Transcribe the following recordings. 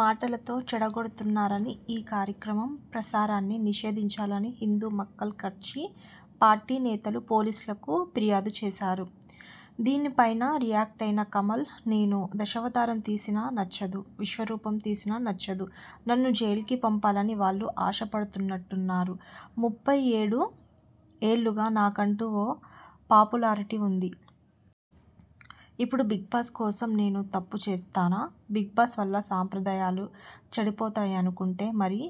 మాటలతో చెడగొడుతున్నారని, ఈ కార్యక్రమం ప్రసారాన్ని నిషేధించాలని హిందూ మక్కల్ కట్చి పార్టీ నేతలు పోలీసులకు ఫిర్యాదు చేశారు. దీని పైనా రియాక్టైన కమల్, నేను దశావతారం తీసినా నచ్చదు. విశ్వరూపం తీసినా నచ్చదు. నన్ను జైలుకి పంపాలని వాళ్లు ఆశపడుతున్నట్టున్నారు. ముప్పై ఏడు ఏళ్లుగా నాకంటూ ఓ పాపులారిటీ ఉంది. ఇప్పుడు బిగ్ బాస్ కోసం నేను తప్పు చేస్తానా? బిగ్ బాస్ వల్ల సంప్రదాయాలు చెడిపోతాయనుకుంటే మరి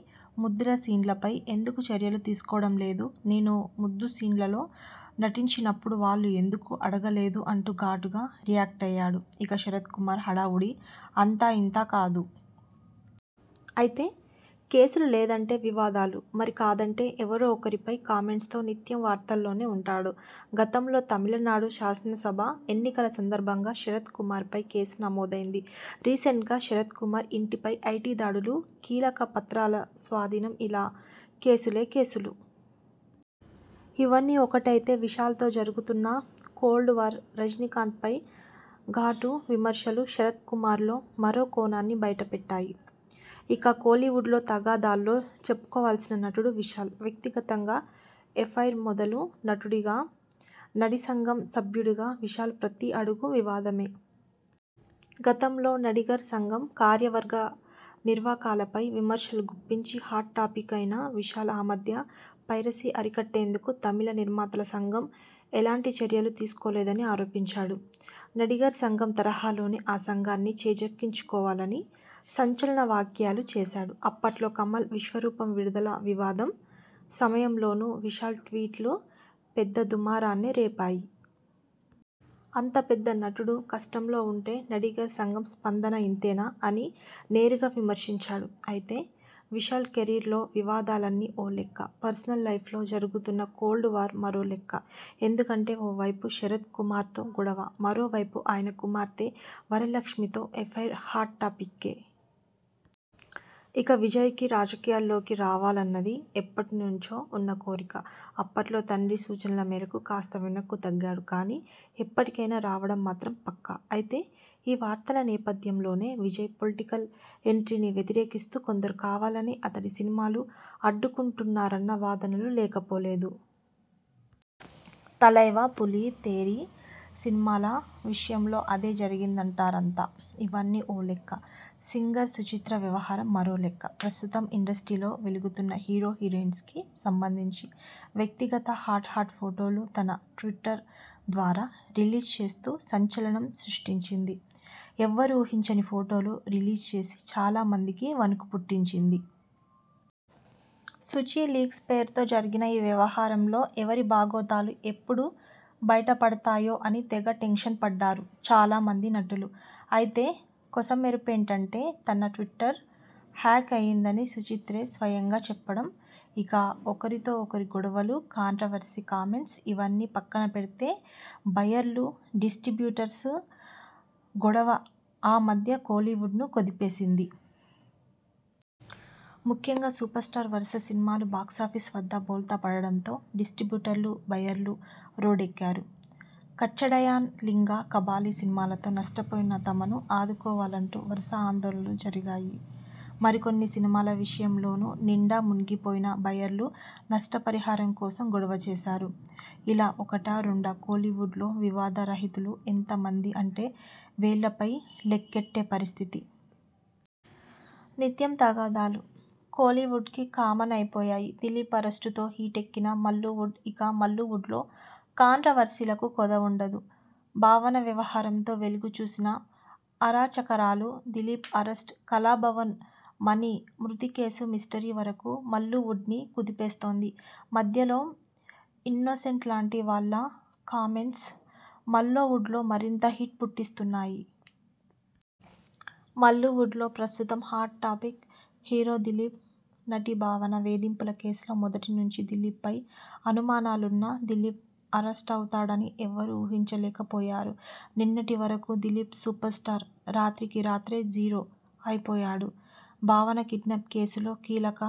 ముద్దుల సీన్ల పై ఎందుకు చర్యలు తీసుకోవడం లేదు, నేను ముద్దు సీన్లలో నటించినప్పుడు వాళ్లు ఎందుకు అడగలేదు? అంటూ ఘాటుగా రియాక్టయ్యాడు. ఇక శరత్ కుమార్ హడావుడి అంతా ఇంతా కాదు. అయితే కేసులు, లేదంటే వివాదాలు, మరీ కాదంటే ఎవరో ఒకరిపై కామెంట్స్ తో నిత్యం వార్తల్లోనే ఉంటాడు. గతంలో తమిళనాడు శాసన సభ ఎన్నికల సందర్భంగా శరత్ కుమార్ పై కేసు నమోదైంది. రీసెంట్గా శరత్ కుమార్ ఇంటి పై ఐటీ దాడులు, కీలక పత్రాల స్వాధీనం ఇలా కేసులే కేసులు. ఇవన్నీ ఒకటైతే విశాల్తో జరుగుతున్న కోల్డ్ వార్, రజినీకాంత్ పై ఘాటు విమర్శలు శరత్ కుమార్లో మరో కోణాన్ని బయట పెట్టాయి. ఇక కోలీవుడ్లో తగాదాల్లో చెప్పుకోవాల్సిన నటుడు విశాల్. వ్యక్తిగతంగా ఎఫైర్ మొదలు నటుడిగా, నడి సంఘం సభ్యుడిగా విశాల్ ప్రతి అడుగు వివాదమే. గతంలో నడిగర్ సంఘం కార్యవర్గ నిర్వాకాలపై విమర్శలు గుప్పించి హాట్ టాపిక్ అయిన విశాల్ ఆ మధ్య పైరసీ అరికట్టేందుకు తమిళ నిర్మాతల సంఘం ఎలాంటి చర్యలు తీసుకోలేదని ఆరోపించాడు. నడిగర్ సంఘం తరహాలోనే ఆ సంఘాన్ని చేజిక్కించుకోవాలని సంచలన వ్యాఖ్యలు చేశాడు. అప్పట్లో కమల్ విశ్వరూపం విడుదల వివాదం సమయంలోనూ విశాల్ ట్వీట్లు పెద్ద దుమారాన్నే రేపాయ్. అంత పెద్ద నటుడు కష్టంలో ఉంటే నడిగర్ సంఘం స్పందన ఇంతేనా? అని నేరుగా విమర్శించాడు. అయితే విశాల్ కెరీర్లో వివాదాలన్నీ ఓ లెక్క పర్సనల్ లైఫ్లో జరుగుతున్న కోల్డ్ వార్ మరో లెక్క. ఎందుకంటే ఓ వైపు శరత్ కూమార్తో గొడవ, మరో వైపు ఆయన కుమార్తె వరలక్ష్మితో ఎఫైర్ హాట్ టాపిక్కే. ఇక విజయ్కి రాజకీయాల్లోకి రావాలన్నది ఎప్పటి నుంచో ఉన్న కోరిక. అప్పట్లో తండ్రి సూచనల మేరకు కాస్త వెనక్కు తగ్గాడు కానీ.. ఎప్పటికైనా రావడం మాత్రం పక్కా. అయితే ఈ వార్తల నేపథ్యం లోనే విజయ్ పొలిటికల్ ఎంట్రీని వ్యతిరేకిస్తూ కొందరు కావాలనే అతడి సినిమాలు అడ్డుకుంటున్నారన్న వాదనలూ లేకపోలేదు. తలైవా, పులి, తేరి సినిమాల విషయంలో అదే జరిగిందంటారంతా. ఇవన్నీ ఓలెక్క, సింగర్ సుచిత్ర వ్యవహారం మరోలెక్క. ప్రస్తుతం ఇండస్ట్రీలో వెలుగుతున్న హీరో, హీరోయిన్స్ కి సంబంధించి వ్యక్తి గత, హాట్ హాట్ ఫొటోలు తన ట్విట్టర్ ద్వారా రిలీజ్ చేస్తూ సంచలనం సృష్టించింది. ఎవ్వరూ ఊహించని ఫొటోలు రిలీజ్ చేసి చాలామందికి వణుకు పుట్టించింది. సుచీ లీక్స్ పేరుతో జరిగిన ఈ వ్యవహారంలో ఎవరి బాగోతాలు ఎప్పుడు బయట పడతాయో అని తెగ టెన్షన్ పడ్డారు చాలామంది నటులు. అయితే కొసమెరుపేంటంటే.. తన ట్విట్టర్ హ్యాక్ అయిందని సుచిత్రే స్వయంగా చెప్పడం. ఇక ఒకరితో ఒకరి గొడవలు, కాంట్రవర్శీ కామెంట్స్ ఇవన్నీ పక్కన పెడితే బయ్యర్లు-డిస్టిబ్యూటర్స్ గొడవ ఆ మధ్య కోలీవుడ్ను కుదిపేసింది. ముఖ్యంగా సూపర్ స్టార్ వరుస సినిమాలు బాక్సాఫీస్ వద్ద బోల్తా పడడంతో డిస్టిబ్యూటర్లు-బయ్యర్లు రోడ్డెక్కారు. కచ్చాడయ్యాన్, లింగ, కబాలీ సినిమాలతో నష్టపోయిన తమను ఆదుకోవాలంటూ వరుస ఆందోళనలు జరిగాయి. మరికొన్ని సినిమాల విషయంలోనూ నిండా మునిగిపోయిన బయ్యర్లు నష్టపరిహారం కోసం గొడవ చేశారు. ఇలా ఒకటా, రెండా కోలీవుడ్లో వివాద రహితులు ఎంతమంది అంటే వేళ్లపై లెక్కెట్టే పరిస్థితి. నిత్యం తగాదాలు కోలీవుడ్కి కామన్ అయిపోయాయి. దిలీప్ అరెస్టుతో హీటెక్కిన మల్లూవుడ్ ఇక మల్లూవుడ్లో కాంట్రవర్సీలకు కొదవుండదు. భావన వ్యవహారంతో వెలుగు చూసిన అరాచకరాలు.. దిలీప్ అరెస్ట్, కళాభవన్ మణి మృతి కేసు మిస్టరీ వరకూ మల్లూవుడ్ని కుదిపేస్తోంది. మధ్యలో ఇన్నోసెంట్ లాంటి వాళ్ల కామెంట్స్ మల్లూవుడ్లో మరింత హీట్ పుట్టిస్తున్నాయి. మల్లూవుడ్లో ప్రస్తుతం హాట్ టాపిక్ హీరో దిలీప్. నటి భావన వేధింపుల కేసులో మొదటి నుంచీ దిలీప్పై అనుమానులున్నా.. దిలీప్ అరెస్టవుతాడని ఎవ్వరూ ఊహించలేక పోయారు. నిన్నటి వరకూ దిలీప్ సూపర్ స్టార్. రాత్రికి రాత్రే జీరో అయిపోయాడు. భావన కిడ్నాప్ కేసులో కీలక